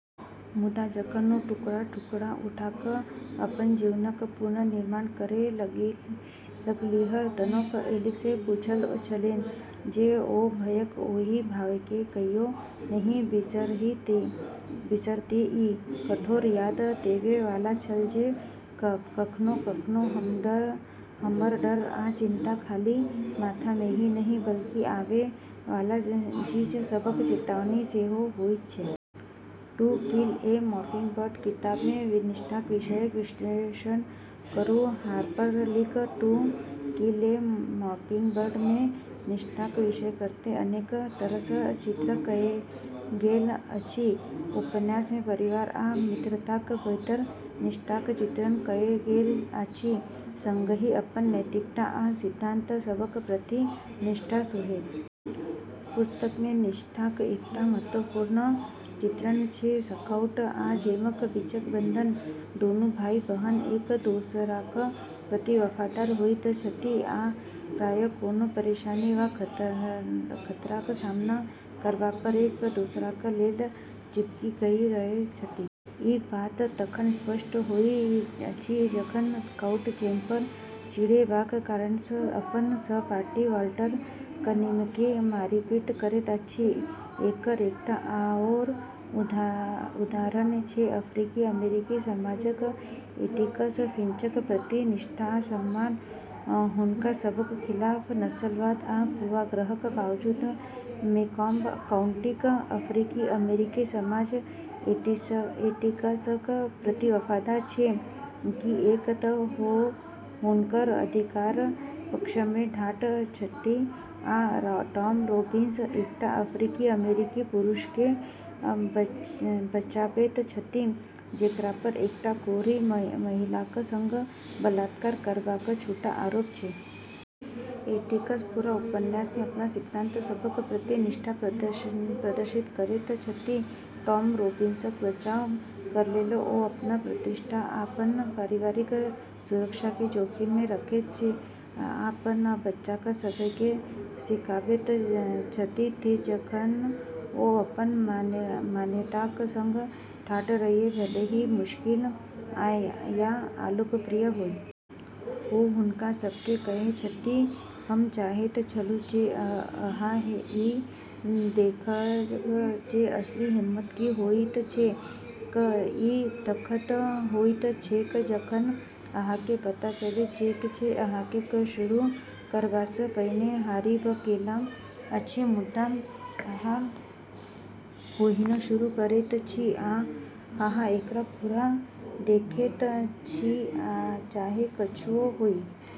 मुदा जखन ओ टुकड़ा-टुकड़ा उठा कऽ अपन जीवनक पुनर्निर्माण करै लगलीह तखनो ऐलिसकेँ बुझल छलैन जे ओ भयक ओहि भावकेँ कहियो नहि बिसरतीह। ई कठोर याद देबै वाला छल जे कखनो-कखनो, हमर डर आ चिंता खाली माथामे ही नहि, बल्कि आवै वाला चीज सभक चेतावनी सेहो होइत छै। "टू किल ए मॉकिंगबर्ड" किताबमे निष्ठाक विषयक विश्लेषण करू। हार्पर लीक "टू किल ए मॉकिंगबर्ड" मे निष्ठाक विषयकेँ अनेक तरहसँ चित्रित कएल गेल अछि। उपन्यासमे परिवार आ मित्रताक भीतर निष्ठाक चित्रण कएल गेल अछि, संगहि अपन नैतिकता आ सिद्धांत सभक प्रति निष्ठा सेहो। पुस्तकमे निष्ठाक एकटा महत्वपूर्ण चित्रण छै स्काउट आ जेमक बीचक बंधन। दूनू भाइ-बहिन एक दोसराक प्रति वफादार होइत छथि, आ प्रायः कोनो परेशानी वा खतराक सामना करबापर एक दोसराक लेल चिपकि कऽ रहैत छथि। ई बात तखन स्पष्ट होइत अछि जखन स्काउट जेमपर चिढ़ैबाक कारणसँ अपन सहपाठी वाल्टर कनिंघमकेँ मारि-पीट करैत अछि। एकर एकटा आओर उदाहरण छै अफ्रीकी-अमेरिकी समाजक एटिकस फिंचक प्रति निष्ठा आ सम्मान। हुनका सभक खिलाफ नस्लवाद आ पूर्वाग्रहक बावजूद मेकॉम्ब काउंटीक अफ्रीकी-अमेरिकी समाज एटिकसक प्रति वफादार छै, किऐक तऽ ओ हुनकर अधिकारक पक्षमे ठाढ़ छथि आ टॉम रॉबिन्सन, एकटा अफ्रीकी-अमेरिकी पुरुषकेँ बचाबैत छथि, जेकरापर एकटा गोरी महिलाक संग बलात्कार करबाक झूठा आरोप छै। एटिकस पूरा उपन्यासमे अपन सिद्धांत सभक प्रति निष्ठा प्रदर्शित करैत छथि। टॉम रॉबिन्सनक बचाव करैलेल ओ अपन प्रतिष्ठा, आ अपन परिवारक सुरक्षाकेँ जोखिममे रखैत छथि, आ अपन बच्चा सभकेँ सिखाबैत छथि जे जखन ओ अपन मान्यताक संग ठाढ़ रहथि, भले ही ई मुश्किल या अलोकप्रिय होइ। ओ हुनका सभकेँ कहैत छथि, "हम चाहैत छलहुँ जे अहाँ ई देखब जे असली हिम्मत की होइत छैक। ई तखन होइत छैक जखन अहाँकेँ पता चलैत छैक जे अहाँकेँ शुरू करबासँ पहिने हारि भऽ गेल अछि मुदा अहाँ ओहिना शुरू करैत छी आ अहाँ एकरा पूरा देखैत छी चाहे किछुओ होइ।"